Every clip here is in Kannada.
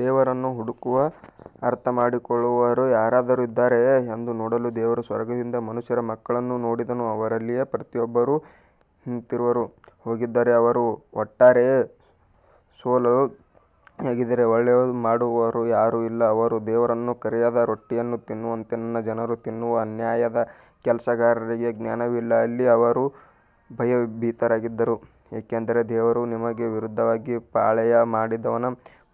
ದೇವರನ್ನು ಹುಡುಕುವ ಅರ್ಥಮಾಡಿಕೊಳ್ಳುವವರು ಯಾರಾದರೂ ಇದ್ದಾರೆಯೇ ಎಂದು ನೋಡಲು ದೇವರು ಸ್ವರ್ಗದಿಂದ ಮನುಷ್ಯರ ಮಕ್ಕಳನ್ನು ನೋಡಿದನು ಅವರಲ್ಲಿ ಪ್ರತಿಯೊಬ್ಬರು ಹಿಂತಿರುಗಿ ಹೋಗಿದ್ದಾರೆ ಅವರು ಒಟ್ಟಾರೆಯಾಗಿ ಹೊಲಸು ಆಗಿದ್ದಾರೆ ಒಳ್ಳೆಯದು ಮಾಡುವವರು ಯಾರೂ ಇಲ್ಲ ಅವರು ದೇವರನ್ನು ಕರೆಯದ ರೊಟ್ಟಿಯನ್ನು ತಿನ್ನುವಂತೆ ನನ್ನ ಜನರನ್ನು ತಿನ್ನುವ ಅನ್ಯಾಯದ ಕೆಲಸಗಾರರಿಗೆ ಜ್ಞಾನವಿಲ್ಲ ಅಲ್ಲಿ ಅವರು ಭಯಭೀತರಾಗಿದ್ದರು, ಏಕೆಂದರೆ ದೇವರು ನಿಮಗೆ ವಿರುದ್ಧವಾಗಿ ಪಾಳೆಯ ಮಾಡಿದವನ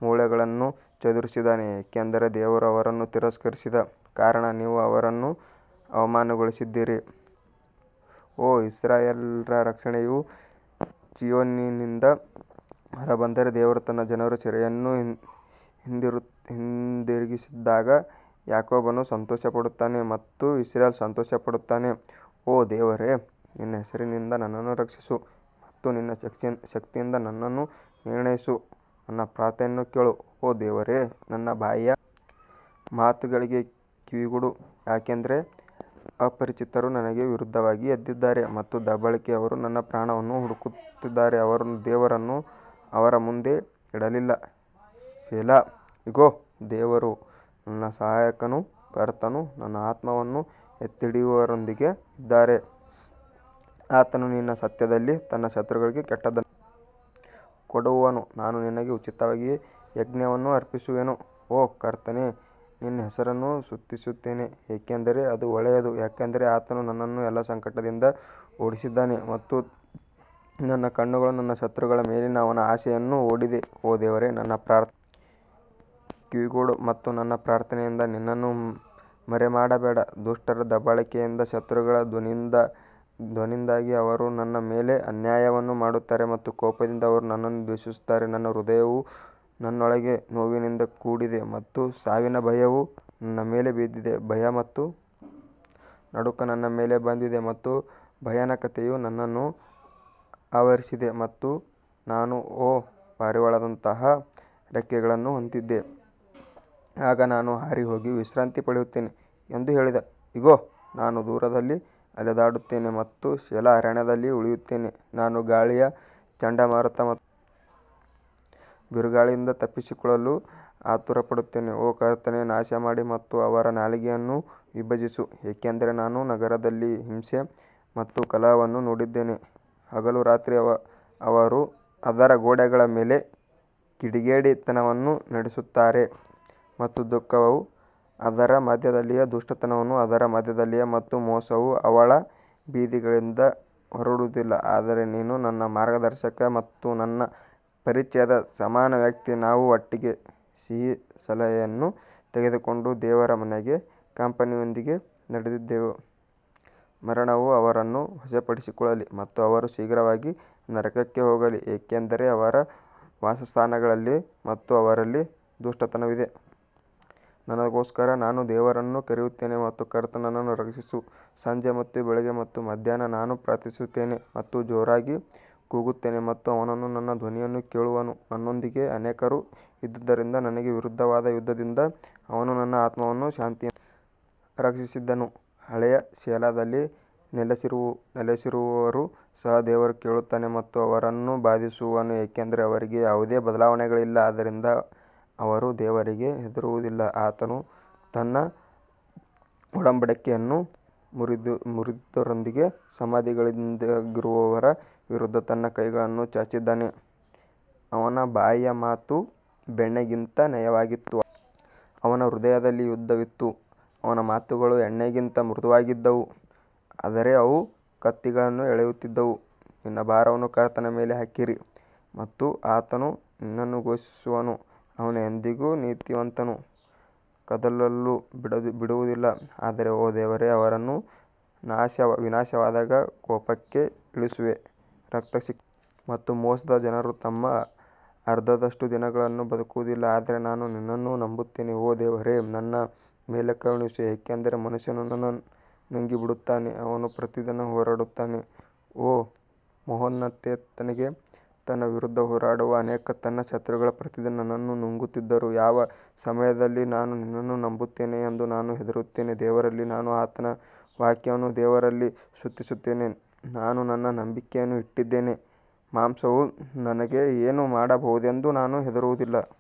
ಮೂಳೆಗಳನ್ನು ಚದುರಿಸಿದ್ದಾನೆ, ಏಕೆಂದರೆ ದೇವರು ಅವರನ್ನು ತಿರಸ್ಕರಿಸಿದ ಕಾರಣ ನೀವು ಅವರನ್ನು ಅವಮಾನಗೊಳಿಸಿದ್ದೀರಿ. ಓಹ್, ಇಸ್ರಾಯೇಲ್ಯರ ರಕ್ಷಣೆಯು ಚೀಯೋನಿನಿಂದ ಹೊರಬಂದರೆ, ದೇವರು ತನ್ನ ಜನರ ಸೆರೆಯನ್ನು ಹಿಂದಿರುಗಿಸಿದಾಗ ಯಾಕೋಬನು ಸಂತೋಷಪಡುತ್ತಾನೆ ಮತ್ತು ಇಸ್ರೇಲ್ ಸಂತೋಷಪಡುತ್ತಾನೆ. ಓ ದೇವರೇ ನಿನ್ನ ಹೆಸರಿನಿಂದ ನನ್ನನ್ನು ರಕ್ಷಿಸು ಮತ್ತು ನಿನ್ನ ಶಕ್ತಿಯಿಂದ ನನ್ನನ್ನು ನಿರ್ಣಯಿಸು ನನ್ನ ಪ್ರಾರ್ಥನೆಯನ್ನು ಕೇಳು ಓ ದೇವರೇ ನನ್ನ ಬಾಯಿಯ ಮಾತುಗಳಿಗೆ ಕಿವಿಗೊಡು ಯಾಕಂದರೆ ಅಪರಿಚಿತರು ನನಗೆ ವಿರುದ್ಧವಾಗಿ ಎದ್ದಿದ್ದಾರೆ ಮತ್ತು ದಬ್ಬಾಳಿಕೆಯವರು ನನ್ನ ಪ್ರಾಣವನ್ನು ಹುಡುಕುತ್ತಿದ್ದಾರೆ ಅವರು ದೇವರನ್ನು ಅವರ ಮುಂದೆ ಇಡಲಿಲ್ಲ ಸೆಲಾ ಇಗೋ, ದೇವರು ನನ್ನ ಸಹಾಯಕನು, ಕರ್ತನು ನನ್ನ ಆತ್ಮವನ್ನು ಎತ್ತಿಹಿಡಿಯುವವರೊಂದಿಗೆ ಇದ್ದಾನೆ ಆತನು ನಿನ್ನ ಸತ್ಯದಲ್ಲಿ ನನ್ನ ಶತ್ರುಗಳಿಗೆ ಕೆಟ್ಟದ್ದನ್ನು ಕೊಡುವನು ನಾನು ನಿನಗೆ ಉಚಿತವಾಗಿ ಯಜ್ಞವನ್ನು ಅರ್ಪಿಸುವೆನು, ಓ ಕರ್ತನೇ ನಿನ್ನ ಹೆಸರನ್ನು ಸ್ತುತಿಸುತ್ತೇನೆ ಏಕೆಂದರೆ ಅದು ಒಳ್ಳೆಯದು ಯಾಕಂದರೆ ಆತನು ನನ್ನನ್ನು ಎಲ್ಲಾ ಸಂಕಟದಿಂದ ಬಿಡಿಸಿದ್ದಾನೆ ಮತ್ತು ನನ್ನ ಕಣ್ಣುಗಳು ನನ್ನ ಶತ್ರುಗಳ ಮೇಲಿನ ಅವನ ಆಸೆಯನ್ನು ನೋಡಿದೆ ಓ ದೇವರೇ ನನ್ನ ಪ್ರಾರ್ಥನೆಗೆ ಕಿವಿಗೊಡು ಮತ್ತು ನನ್ನ ಪ್ರಾರ್ಥನೆಯಿಂದ ನಿನ್ನನ್ನು ಮರೆಮಾಡಬೇಡ ದುಷ್ಟರ ದಬ್ಬಾಳಿಕೆಯಿಂದಾಗಿ ಶತ್ರುಗಳ ಧ್ವನಿಯಿಂದಾಗಿ ಅವರು ನನ್ನ ಮೇಲೆ ಅನ್ಯಾಯವನ್ನು ಮಾಡುತ್ತಾರೆ ಮತ್ತು ಕೋಪದಿಂದ ಅವರು ನನ್ನನ್ನು ದ್ವೇಷಿಸುತ್ತಾರೆ ನನ್ನ ಹೃದಯವು ನನ್ನೊಳಗೆ ನೋವಿನಿಂದ ಕೂಡಿದೆ ಮತ್ತು ಸಾವಿನ ಭಯವು ನನ್ನ ಮೇಲೆ ಬಿದ್ದಿದೆ ಭಯ ಮತ್ತು ನಡುಕ ನನ್ನ ಮೇಲೆ ಬಂದಿವೆ ಮತ್ತು ಭಯಾನಕತೆಯು ನನ್ನನ್ನು ಆವರಿಸಿದೆ ಮತ್ತು ನಾನು ಓಹ್, ಪಾರಿವಾಳದಂತಹ ರೆಕ್ಕೆಗಳನ್ನು ಹೊಂದಿದ್ದೇನೆ, ಆಗ ನಾನು ಹಾರಿಹೋಗಿ ವಿಶ್ರಾಂತಿ ಪಡೆಯುತ್ತೇನೆ ಎಂದು ಹೇಳಿದೆ ಇಗೋ, ನಾನು ದೂರದಲ್ಲಿ ಅಲೆದಾಡುತ್ತೇನೆ ಮತ್ತು ಸೇಲಾ ಅರಣ್ಯದಲ್ಲಿ ಉಳಿಯುತ್ತೇನೆ ನಾನು ಗಾಳಿಯ ಚಂಡಮಾರುತ ಮತ್ತು ಬಿರುಗಾಳಿಯಿಂದ ತಪ್ಪಿಸಿಕೊಳ್ಳಲು ಆತುರಪಡುತ್ತೇನೆ ಓ ಕರ್ತನೇ ನಾಶಮಾಡಿ ಮತ್ತು ಅವರ ನಾಲಿಗೆಯನ್ನು ವಿಭಜಿಸು, ಏಕೆಂದರೆ ನಾನು ನಗರದಲ್ಲಿ ಹಿಂಸೆ ಮತ್ತು ಕಲಹವನ್ನು ನೋಡಿದ್ದೇನೆ ಹಗಲು ರಾತ್ರಿ ಅವರು ಅದರ ಗೋಡೆಗಳ ಮೇಲೆ ಕಿಡಿಗೇಡಿತನವನ್ನು ನಡೆಸುತ್ತಾರೆ ಮತ್ತು ದುಃಖವು ಅದರ ಮಧ್ಯದಲ್ಲಿದೆ ದುಷ್ಟತನವು ಅದರ ಮಧ್ಯದಲ್ಲಿದೆ ಮತ್ತು ಮೋಸವು ಅವಳ ಬೀದಿಗಳಿಂದ ಹೊರಡುವುದಿಲ್ಲ ಆದರೆ ನೀನು ನನ್ನ ಮಾರ್ಗದರ್ಶಕ ಮತ್ತು ನನ್ನ ಪರಿಚಯದ ಸಮಾನ ವ್ಯಕ್ತಿ ನಾವು ಒಟ್ಟಿಗೆ ಸಿಹಿ ಸಲಹೆಯನ್ನು ತೆಗೆದುಕೊಂಡು ದೇವರ ಮನೆಗೆ ಕಂಪನಿಯೊಂದಿಗೆ ನಡೆದೆವು ಮರಣವು ಅವರನ್ನು ವಶಪಡಿಸಿಕೊಳ್ಳಲಿ ಮತ್ತು ಅವರು ಶೀಘ್ರವಾಗಿ ನರಕಕ್ಕೆ ಹೋಗಲಿ, ಏಕೆಂದರೆ ಅವರ ವಾಸಸ್ಥಾನಗಳಲ್ಲಿ ಮತ್ತು ಅವರಲ್ಲಿ ದುಷ್ಟತನವಿದೆ. ನನಗೋಸ್ಕರ ನಾನು ದೇವರನ್ನು ಕರೆಯುತ್ತೇನೆ ಮತ್ತು ಕರ್ತನು ನನ್ನನ್ನು ರಕ್ಷಿಸುವನು ಸಂಜೆ ಮತ್ತು ಬೆಳಿಗ್ಗೆ ಮತ್ತು ಮಧ್ಯಾಹ್ನ ನಾನು ಪ್ರಾರ್ಥಿಸುತ್ತೇನೆ ಮತ್ತು ಜೋರಾಗಿ ಕೂಗುತ್ತೇನೆ ಮತ್ತು ಅವನು ನನ್ನ ಧ್ವನಿಯನ್ನು ಕೇಳುವನು ನನ್ನೊಂದಿಗೆ ಅನೇಕರು ಇದ್ದುದರಿಂದ ನನಗೆ ವಿರುದ್ಧವಾದ ಯುದ್ಧದಿಂದ ಅವನು ನನ್ನ ಆತ್ಮವನ್ನು ಶಾಂತಿಯಿಂದ ರಕ್ಷಿಸಿದನು ಹಳೆಯ ಸೆಲಾದಲ್ಲಿ ನೆಲೆಸಿರುವವರೂ ಸಹ ದೇವರು ಕೇಳುತ್ತಾನೆ ಮತ್ತು ಅವರನ್ನು ಬಾಧಿಸುವನು ಏಕೆಂದರೆ ಅವರಿಗೆ ಯಾವುದೇ ಬದಲಾವಣೆಗಳಿಲ್ಲ, ಆದ್ದರಿಂದ ಅವರು ದೇವರಿಗೆ ಹೆದರುವುದಿಲ್ಲ ಆತನು ತನ್ನ ಒಡಂಬಡಿಕೆಯನ್ನು ಮುರಿದವರೊಂದಿಗೆ ಸಮಾಧಾನದಿಂದಿರುವವರ ವಿರುದ್ಧ ತನ್ನ ಕೈಗಳನ್ನು ಚಾಚಿದ್ದಾನೆ ಅವನ ಬಾಯಿಯ ಮಾತು ಬೆಣ್ಣೆಗಿಂತ ನಯವಾಗಿತ್ತು ಆದರೆ ಅವನ ಹೃದಯದಲ್ಲಿ ಯುದ್ಧವಿತ್ತು ಅವನ ಮಾತುಗಳು ಎಣ್ಣೆಗಿಂತ ಮೃದುವಾಗಿದ್ದವು ಆದರೆ ಅವು ಕತ್ತಿಗಳನ್ನು ಎಳೆಯುತ್ತಿದ್ದವು ನಿನ್ನ ಭಾರವನ್ನು ಕರ್ತನ ಮೇಲೆ ಹಾಕಿರಿ ಮತ್ತು ಆತನು ನಿನ್ನನ್ನು ಪೋಷಿಸುವನು ಅವನು ಎಂದಿಗೂ ನೀತಿವಂತರನ್ನು ಕದಲಲು ಬಿಡುವುದಿಲ್ಲ ಆದರೆ ಓ ದೇವರೇ ಅವರನ್ನು ವಿನಾಶದ ಕೂಪಕ್ಕೆ ಇಳಿಸುವೆ, ರಕ್ತಸಿಕ್ತ ಮತ್ತು ಮೋಸದ ಜನರು ತಮ್ಮ ಅರ್ಧದಷ್ಟು ದಿನಗಳನ್ನು ಬದುಕುವುದಿಲ್ಲ ಆದರೆ ನಾನು ನಿನ್ನನ್ನು ನಂಬುತ್ತೇನೆ ಓ ದೇವರೇ ನನ್ನ ಮೇಲೆ ಕರುಣಿಸು, ಏಕೆಂದರೆ ಮನುಷ್ಯನು ನನ್ನನ್ನು ನುಂಗಿಬಿಡುತ್ತಾನೆ, ಅವನು ಪ್ರತಿದಿನ ಹೋರಾಡುತ್ತಾನೆ ಓ ಮಹೋನ್ನತನೇ, ನನ್ನ ವಿರುದ್ಧ ಹೋರಾಡುವ ಅನೇಕರು ನನ್ನ ಶತ್ರುಗಳು ಪ್ರತಿದಿನ ನನ್ನನ್ನು ನುಂಗುತ್ತಿದ್ದರು ಯಾವ ಸಮಯದಲ್ಲಿ ನಾನು ನಿನ್ನನ್ನು ನಂಬುತ್ತೇನೆ ಎಂದು ನಾನು ಹೆದರುತ್ತೇನೆ ದೇವರಲ್ಲಿ ನಾನು ಆತನ ವಾಕ್ಯವನ್ನು ದೇವರಲ್ಲಿ ಸ್ತುತಿಸುತ್ತೇನೆ ನಾನು ನನ್ನ ನಂಬಿಕೆಯನ್ನು ಇಟ್ಟಿದ್ದೇನೆ ಮಾಂಸವು ನನಗೆ ಏನು ಮಾಡಬಹುದೆಂದು ನಾನು ಹೆದರುವುದಿಲ್ಲ.